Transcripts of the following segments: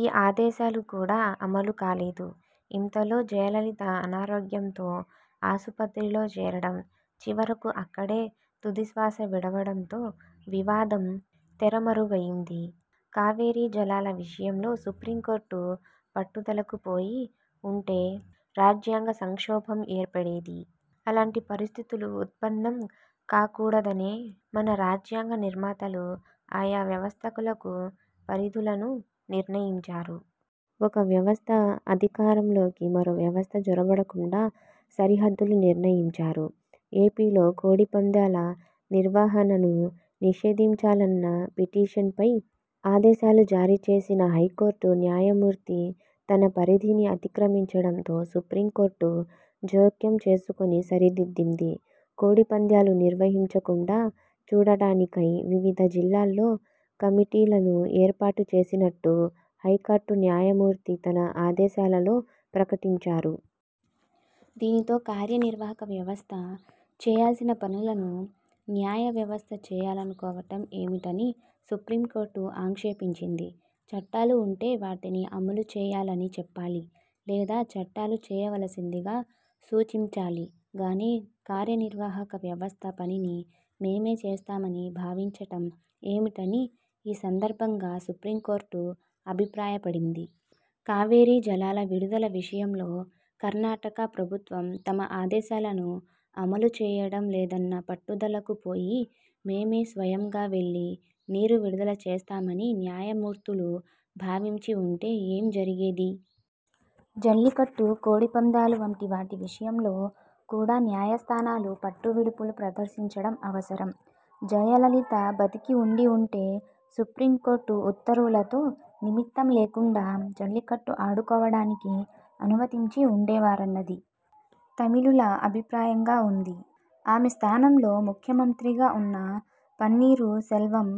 ఈ ఆదేశాలు కూడా అమలుకాలేదు. ఇంతలో జయలలిత అనారోగ్యంతో ఆసుపత్రిలో చేరడం, చివరకు అక్కడే తుదిశ్వాస విడవడంతో వివాదం తెరమరుగయింది. కావేరీ జలాల విషయంలో సుప్రీంకోర్టు పట్టుదలకు పోయి ఉంటే రాజ్యాంగ సంక్షోభం ఏర్పడేది. అలాంటి పరిస్థితులు ఉత్పన్నం కాకూడదనే మన రాజ్యాంగ నిర్మాతలు ఆయా వ్యవస్థలకు పరిధులను నిర్ణయించారు. ఒక వ్యవస్థ అధికారాల్లోకి మరో వ్యవస్థ జొరబడకుండా సరిహద్దులు నిర్ణయించారు. ఏపీలో కోడి పందేల నిర్వహణను నిషేధించాలన్న పిటిషన్పై ఆదేశాలు జారీ చేసిన హైకోర్టు న్యాయమూర్తి తన పరిధిని అతిక్రమించడంతో సుప్రీంకోర్టు జోక్యం చేసుకుని సరిదిద్దింది. కోడి పందేలు నిర్వహించకుండా చూడటానికై వివిధ జిల్లాలలో కమిటీలను ఏర్పాటుచేస్తున్నట్టు హైకోర్టు న్యాయమూర్తి తన ఆదేశాలలో ప్రకటించారు. దీంతో కార్యనిర్వాహక వ్యవస్థ చేయాల్సిన పనులను న్యాయ వ్యవస్థ చేయాలనుకోవడం ఏమిటని సుప్రీంకోర్టు ఆక్షేపించింది. చట్టాలు ఉంటే వాటిని అమలుచేయాలని చెప్పాలి. లేదా చట్టాలు చేయవలసిందిగా సూచించాలి గానీ కార్యనిర్వాహక వ్యవస్థ పనిని మేమే చేస్తామని భావించడం ఏమిటని ఈ సందర్భంగా సుప్రీంకోర్టు అభిప్రాయపడింది. కావేరీ జలాల విడుదల విషయంలో కర్ణాటక ప్రభుత్వం తమ ఆదేశాలను అమలుచేయడం లేదన్న పట్టుదలకు పోయి మేమే స్వయంగా వెళ్లి నీరు విడుదల చేస్తామని న్యాయమూర్తులు భావించి ఉంటే ఏమి జరిగేది? జల్లికట్టు, కోడి పందేలు వంటి వాటి విషయంలో కూడా న్యాయస్థానాలు పట్టువిడుపులు ప్రదర్శించడం అవసరం. జయలలిత బతికి ఉండి ఉంటే సుప్రీంకోర్టు ఉత్తర్వులతో నిమిత్తం లేకుండా జల్లికట్టు ఆడుకోవడానికి అనుమతించి ఉండేవారన్నది తమిళుల అభిప్రాయంగా ఉంది. ఆమె స్థానంలో ముఖ్యమంత్రిగా ఉన్న పన్నీరు సెల్వం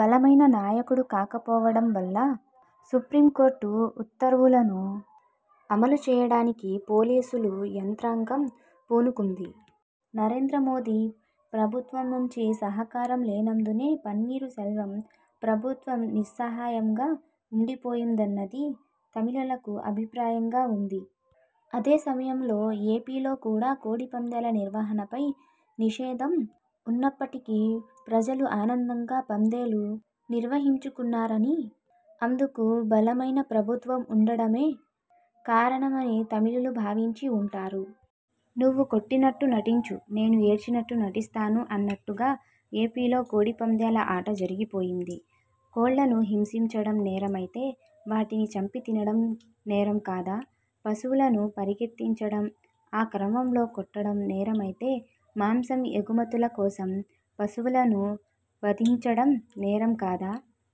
బలమైన నాయకుడు కాకపోవడం వల్ల సుప్రీంకోర్టు ఉత్తర్వులను అమలుచేయడానికి పోలీసు యంత్రాంగం పూనుకుంది. నరేంద్ర మోదీ ప్రభుత్వం నుంచి సహకారం లేనందునే పన్నీరు సెల్వం ప్రభుత్వం నిస్సహాయంగా ఉండిపోయిందన్నది తమిళుల అభిప్రాయంగా ఉంది. అదే సమయంలో ఏపీలో కూడా కోడి పందేల నిర్వహణపై నిషేధం ఉన్నప్పటికీ ప్రజలు ఆనందంగా పందేలు నిర్వహించుకున్నారనీ, అందుకు బలమైన ప్రభుత్వం ఉండటమే కారణమనీ తమిళులు భావించి ఉంటారు. 'నువ్వు కొట్టినట్టు నటించు----– నేను ఏడ్చినట్టు నటిస్తాను' అన్నట్టుగా ఏపీలో కోడి పందేల ఆట జరిగిపోయింది. కోళ్లను హింసించడం నేరమైతే వాటిని చంపి తినడం నేరం కాదా? పశువులను పరిగెత్తించడం, ఆ క్రమంలో కొట్టడం నేరమైతే మాంసం ఎగుమతుల కోసం పశువులను వధించడం నేరం కాదా?